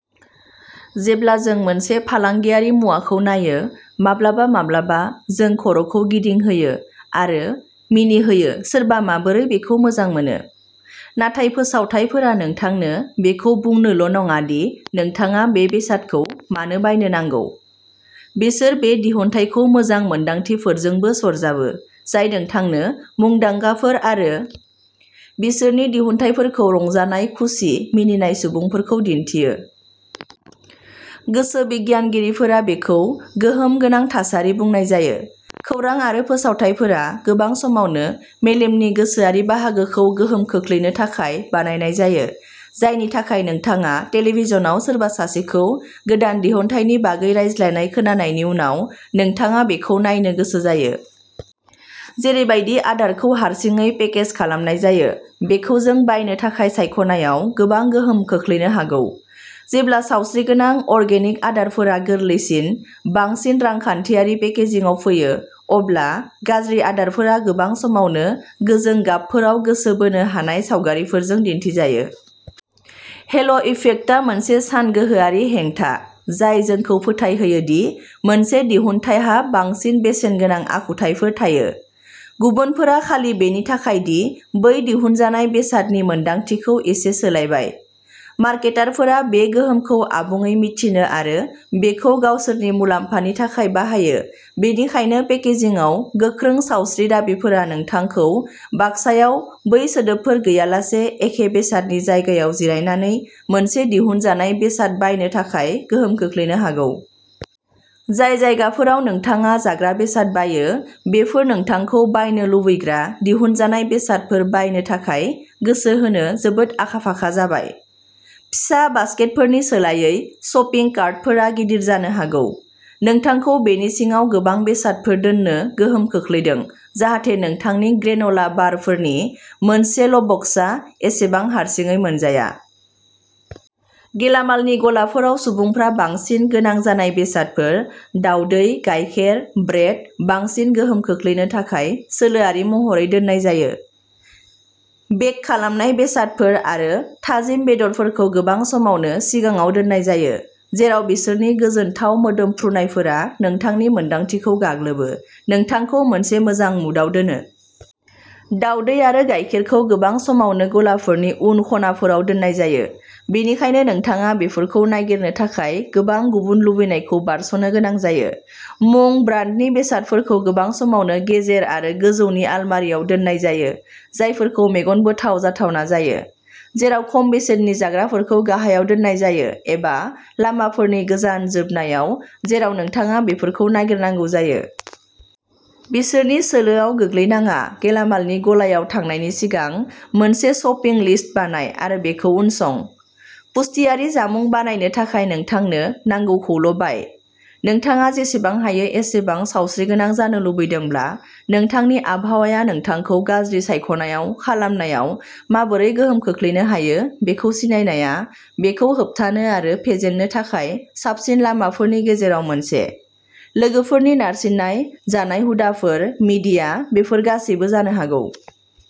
जेब्ला जों मोनसे फालांगियारि मुवाखौ नायो, माब्लाबा माब्लाबा जों खर'खौ गिदिं होयो आरो मिनिहोयो सोरबा माबोरै बेखौ मोजां मोनो? नाथाय फोसावथायफोरा नोंथांनो बेखौ बुंनोल' नङा दि नोंथाङा बे बेसादखौ मानो बायनो नांगौ। बिसोर बे दिहुनथायखौ मोजां मोनदांथिफोरजोंबो सरजाबो, जाय नोंथांनो मुंदांखाफोर आरो बिसोरनि दिहुनथाइफोरखौ रंजानाय खुसि, मिनिनाय सुबुंफोरखौ दिन्थियो। गोसो बिगियानगिरिफोरा बेखौ गोहोम गोनां थासारि बुंनाय जायो। खौरां आरो फोसावथाइफोरा गोबां समावनो मेलेमनि गोसोआरि बाहागोखौ गोहोम खोख्लैनो थाखाय बानायनाय जायो, जायनि थाखाय नोंथाङा टेलिभिजनआव सोरबा सासेखौ गोदान दिहुनथायनि बागै रायज्लायनाय खोनानायनि उनाव, नोंथाङा बेखौ नायनो गोसो जायो। जेरैबादि आदारखौ हारसिङै पेकेज खालामनाय जायो, बेयो जों बायनो थाखाय सायख'नायाव गोबां गोहोम खोख्लैनो हागौ। जेब्ला सावस्रिगोनां, अर्गेनिक आदारफोरा गोरलैसिन, बांसिन रांखान्थियारि पेकेजिंआव फैयो, अब्ला गाज्रि आदारफोरा गोबां समावनो गोजों गाबफोराव गोसो बोनो हानाय सावगारिफोरजों दिन्थिजायो। हेल'इफेक्टआ मोनसे सानगोहोआरि हेंथा, जाय जोंखौ फोथायहोयो दि मोनसे दिहुनथाइहा बांसिन बेसेनगोनां आखुथायफोर थायो। गुबुनफोरा खालि बेनि थाखाय दि बै दिहुनजानाय बेसादनि मोनदांथिखौ एसे सोलायबाय। मार्केटारफोरा बे गोहोमखौ आबुङै मिथियो आरो बेखौ गावसोरनि मुलाम्फानि थाखाय बाहायो बेनिखायनो पेकेजिंआव गोख्रों सावस्रि दाबिफोरा नोंथांखौ बाक्सायाव बै सोदोबफोर गैयालासे एखे बेसादनि जायगायाव जिरायनानै मोनसे दिहुनजानाय बेसाद बायनो थाखाय गोहोम खोख्लैनो हागौ। जाय जायगाफोराव नोंथाङा जाग्रा बेसाद बायो, बेफोर नोंथांखौ बायनो लुबैग्रा दिहुनजानाय बेसादफोर बायनो थाखाय गोसो होनो जोबोद आखा-फाखा जाबाय। फिसा बासकेटफोरनि सोलायै, शपिं कार्टफोरा गिदिर, जानो हागौ नोंथांखौ बेनि सिङाव गोबां बेसादफोर दोननो गोहोम खोख्लैदों जाहाथे नोंथांनि ग्रेन'ला बारफोरनि मोनसेल'बक्सआ एसेबां हारसिङै मोनजाया। गेलामालनि गलाफोराव सुबुंफोरा बांसिन गोनां जानाय बेसादफोर, दावदै, गायखेर, ब्रेड, बांसिन गोहोम खोख्लैनो थाखाय सोलोआरि महरै दोननाय जायो। बेक खालामनाय बेसादफोर आरो थाजिम बेदरफोरखौ गोबां समावनो सिगाङाव दोननाय जायो, जेराव बिसोरनि गोजोनथाव मोदोमफ्रुनायफोरा नोंथांनि मोनदांथिखौ गाग्लोबो, नोंथांखौ मोनसे मोजां मुडआव दोनो। दावदै आरो गायखेरखौ गोबां समावनो गलाफोरनि उन खनाफोराव दोननाय जायो, बेनिखायनो नोंथाङा बेफोरखौ नागिरनो थाखाय गोबां गुबुन लुबैनायखौ बारस'नो गोनां जायो। मुं ब्रान्डनि बेसादफोरखौ गोबां समावनो गेजेर आरो गोजौनि अलमारियाव दोननाय जायो, जायफोरखौ मेगन बोनाय जाथावना जायो, जेराव खम बेसेननि जाग्राफोरखौ गाहायाव दोननाय जायो, एबा लामाफोरनि गोजान जोबनायाव जेराव नोंथाङा बेफोरखौ नागिरनांगौ जायो। बिसोरनि सोलोआव गोग्लैनाङा गेलामालनि गलायाव थांनायनि सिगां, मोनसे शपिं लिस्ट बानाय आरो बेखौ उनसं। पुष्टियारि जामुं बानायनो थाखाय नोंथांनो नांगौखौल'बाय। नोंथाङा जेसेबां हायो एसेबां सावस्रिगोनां जानो लुबैदोंब्ला, नोंथांनि आबहावाया नोंथांखौ गाज्रि सायख'नाय खालामनायाव माबोरै गोहोम खोख्लैनो हायो बेखौ सिनायनाया बेखौ होबथानो आरो फेजेननो थाखाय साबसिन लामाफोरनि गेजेराव मोनसे। लोगोफोरनि नारसिननाय, जानाय हुदाफोर, मिडिया, बेफोर गासैबो जानो हागौ।